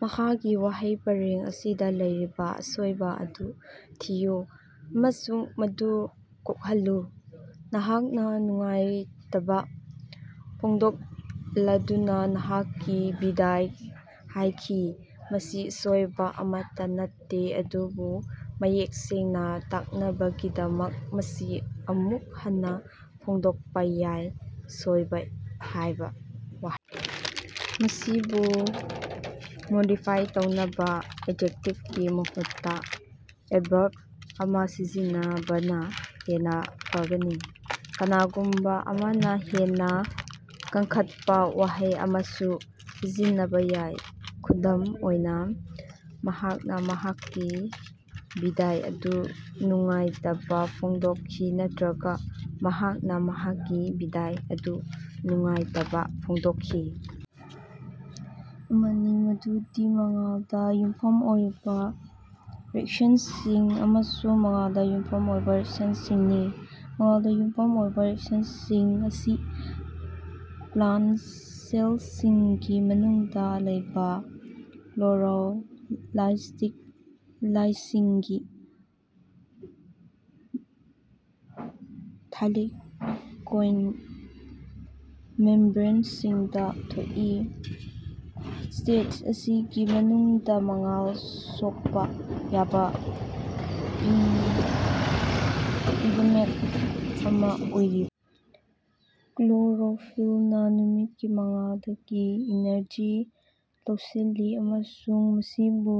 ꯃꯈꯥꯒꯤ ꯋꯥꯍꯩ ꯄꯔꯦꯡ ꯑꯁꯤꯗ ꯂꯩꯔꯤꯕ ꯑꯁꯣꯏꯕ ꯑꯗꯨ ꯊꯤꯌꯨ ꯑꯃꯁꯨꯡ ꯃꯗꯨ ꯀꯣꯛꯍꯜꯂꯨ꯫ ꯃꯍꯥꯛꯅ ꯅꯨꯡꯉꯥꯏꯇꯕ ꯐꯣꯡꯗꯣꯛꯂꯗꯨꯅ ꯃꯍꯥꯛꯀꯤ ꯕꯤꯗꯥꯏ ꯍꯥꯏꯈꯤ꯫ ꯃꯁꯤ ꯑꯁꯣꯏꯕ ꯑꯃꯠꯇꯥ ꯅꯠꯇꯦ, ꯑꯗꯨꯕꯨ ꯃꯌꯦꯛ ꯁꯦꯡꯅ ꯇꯥꯛꯅꯕꯒꯤꯗꯃꯛ ꯃꯁꯤ ꯑꯃꯨꯛ ꯍꯟꯅ ꯐꯣꯡꯗꯣꯛꯄ ꯌꯥꯏ꯫ ꯁꯣꯏꯕ ꯍꯥꯏꯕ ꯋꯥꯍꯩ ꯑꯁꯤꯕꯨ ꯃꯣꯗꯤꯐꯥꯏ ꯇꯧꯅꯕ ꯑꯦꯖꯦꯛꯇꯤꯚꯀꯤ ꯃꯍꯨꯠꯇ ꯑꯦꯗꯚꯔꯕ ꯑꯃ ꯁꯤꯖꯤꯟꯅꯕꯅꯥ ꯍꯦꯟꯅ ꯐꯒꯅꯤ꯫ ꯀꯅꯥꯒꯨꯝꯕ ꯑꯃꯅ ꯍꯦꯟꯅ ꯀꯟꯈꯠꯄ ꯋꯥꯍꯩ ꯑꯃꯁꯨ ꯁꯤꯖꯤꯟꯅꯕꯥ ꯌꯥꯏ, ꯈꯨꯗꯝ ꯑꯣꯏꯅꯥ, ꯃꯍꯥꯛꯅ ꯃꯍꯥꯛꯀꯤ ꯕꯤꯗꯥꯏ ꯑꯗꯨ ꯅꯨꯡꯉꯥꯏꯇꯕꯥ ꯐꯣꯡꯗꯣꯛꯈꯤ ꯅꯠꯇꯔꯒ ꯃꯍꯥꯛꯅ‌ ꯃꯍꯥꯛꯀꯤ ꯕꯤꯗꯥꯏ ꯑꯗꯨ ꯅꯨꯡꯉꯥꯏꯇꯕꯥ ꯐꯣꯡꯗꯣꯛꯈꯤ꯫ ꯑꯃꯅꯤ, ꯃꯗꯨꯗꯤ ꯃꯉꯥꯜꯗ ꯌꯨꯝꯐꯝ ꯑꯣꯏꯕ ꯔꯤꯑꯦꯛꯁꯟꯁꯤꯡ ꯑꯃꯁꯨꯡ ꯃꯉꯥꯜꯗ ꯌꯨꯝꯐꯝ ꯑꯣꯏꯕ ꯔꯤꯑꯦꯛꯁꯟꯁꯤꯡꯅꯤ꯫ ꯃꯉꯥꯜꯗ ꯌꯨꯝꯐꯝ ꯑꯣꯏꯕ ꯔꯤꯑꯦꯛꯁꯟꯁꯤꯡ ꯑꯁꯤ ꯄ꯭ꯂꯥꯟꯇ ꯁꯦꯜꯁꯤꯡꯒꯤ ꯃꯅꯨꯡꯗ ꯂꯩꯕ ꯀ꯭ꯂꯣꯔꯣꯞꯂꯥꯁ꯭ꯇꯁꯤꯡꯒꯤ ꯊꯥꯏꯂꯦꯀꯣꯏꯗ ꯃꯦꯝꯕ꯭ꯔꯦꯟꯁꯤꯡꯗ ꯊꯣꯛꯏ꯫ ꯁ꯭ꯇꯦꯖ ꯑꯁꯤꯒꯤ ꯃꯅꯨꯡꯗ, ꯃꯉꯥꯜ ꯁꯣꯛꯄ ꯌꯥꯕ ꯄꯤꯒꯃꯦꯟꯇ ꯑꯃ‌ ꯑꯣꯏꯔꯤꯕ‌ ꯀ꯭ꯂꯣꯔꯣꯐꯤꯜꯅ ꯅꯨꯃꯤꯠꯀꯤ ꯃꯉꯥꯜꯗꯒꯤ ꯏꯅꯔꯖꯤ ꯂꯧꯁꯤꯜꯂꯤ ꯑꯃꯁꯨꯡ ꯃꯁꯤꯕꯨ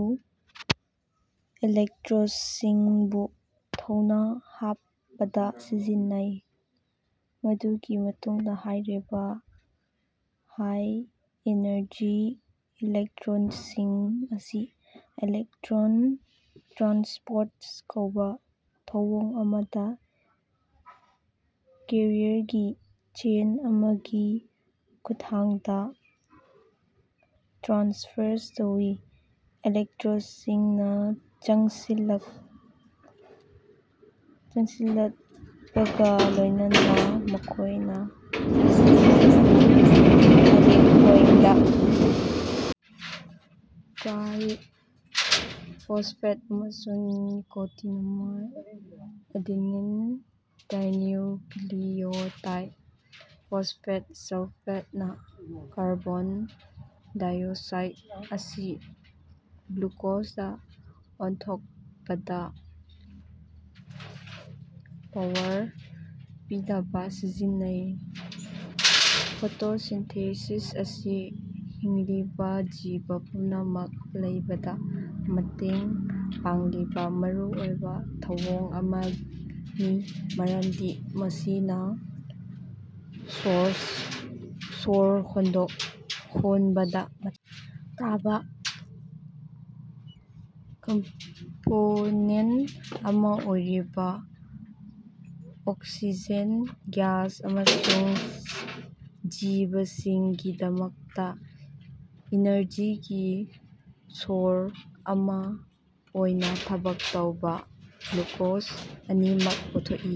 ꯏꯂꯦꯛꯇ꯭ꯔꯣꯟꯁꯤꯡꯕꯨ ꯊꯧꯅ ꯍꯥꯞꯄꯗ ꯁꯤꯖꯤꯟꯅꯩ꯫ ꯃꯗꯨꯒꯤ ꯃꯇꯨꯡꯗ ꯍꯥꯏꯔꯤꯕ ꯍꯥꯏ-ꯑꯦꯅꯔꯖꯤ ꯏꯂꯦꯛꯇꯔꯣꯟꯁꯤꯡ ꯑꯁꯤ ꯏꯂꯦꯛꯇ꯭ꯔꯣꯟ ꯇ꯭ꯔꯥꯟꯁꯄꯣꯔꯠ ꯀꯧꯕ ꯊꯧꯑꯣꯡ ꯑꯃꯗ ꯀꯦꯔꯤꯌꯔꯒꯤ ꯆꯦꯟ ꯑꯃꯒꯤ ꯈꯨꯠꯊꯥꯡꯗ ꯇ꯭ꯔꯥꯟꯁꯐꯔ ꯇꯧꯏ꯫ ꯏꯂꯦꯛꯇ꯭ꯔꯣꯟꯁꯤꯡꯅ ꯆꯪꯁꯤꯜꯂꯠꯄꯒꯥ ꯂꯣꯏꯅꯅꯥ ꯃꯈꯣꯏꯅ ꯊꯥꯏꯂꯦꯀꯣꯏꯗ ꯇ꯭ꯔꯥꯏ ꯐꯣꯁꯐꯦꯠ ꯑꯃꯁꯨꯡ nicotinamide adenine dinucleotide phosphate -sulphate ꯅꯥ ꯀꯥꯔꯕꯣꯟ ꯗꯥꯏꯑꯣꯛꯁꯥꯏꯗ ꯑꯁꯤ ꯒ꯭ꯂꯨꯀꯣꯖꯗꯥ ꯑꯣꯟꯊꯣꯛꯄꯗꯥ ꯄꯥꯋꯔ ꯄꯤꯅꯕꯥ ꯁꯤꯖꯤꯟꯅꯩ꯫ ꯐꯣꯇꯣꯁꯤꯟꯊꯦꯁꯤꯁ ꯑꯁꯤ ꯍꯤꯡꯂꯤꯕ ꯖꯤꯕ ꯄꯨꯝꯅꯃꯛ ꯂꯩꯕꯗ ꯃꯇꯦꯡ ꯄꯥꯡꯂꯤꯕ ꯃꯔꯨꯑꯣꯏꯕ ꯊꯧꯑꯣꯡ ꯑꯃꯅꯤ, ꯃꯔꯝꯗꯤ ꯃꯁꯤꯅ ꯁꯣꯔ ꯍꯣꯟꯕꯗ ꯃꯊꯧ ꯇꯥꯕ ꯀꯝꯄꯣꯅꯦꯟꯇ ꯑꯃ ꯑꯣꯏꯔꯤꯕ ꯑꯣꯛꯁꯤꯖꯦꯟ ꯒ꯭ꯌꯥꯁ ꯑꯃꯁꯨꯡ ꯖꯤꯕꯁꯤꯡꯒꯤꯗꯃꯛꯇ ꯏꯅꯔꯖꯤꯒꯤ ꯁꯣꯔꯁ ꯑꯃ ꯑꯣꯏꯅ ꯊꯕꯛ ꯇꯧꯕ ꯒ꯭ꯂꯨꯀꯣꯖ ꯑꯅꯤꯃꯛ ꯄꯨꯊꯣꯛꯏ꯫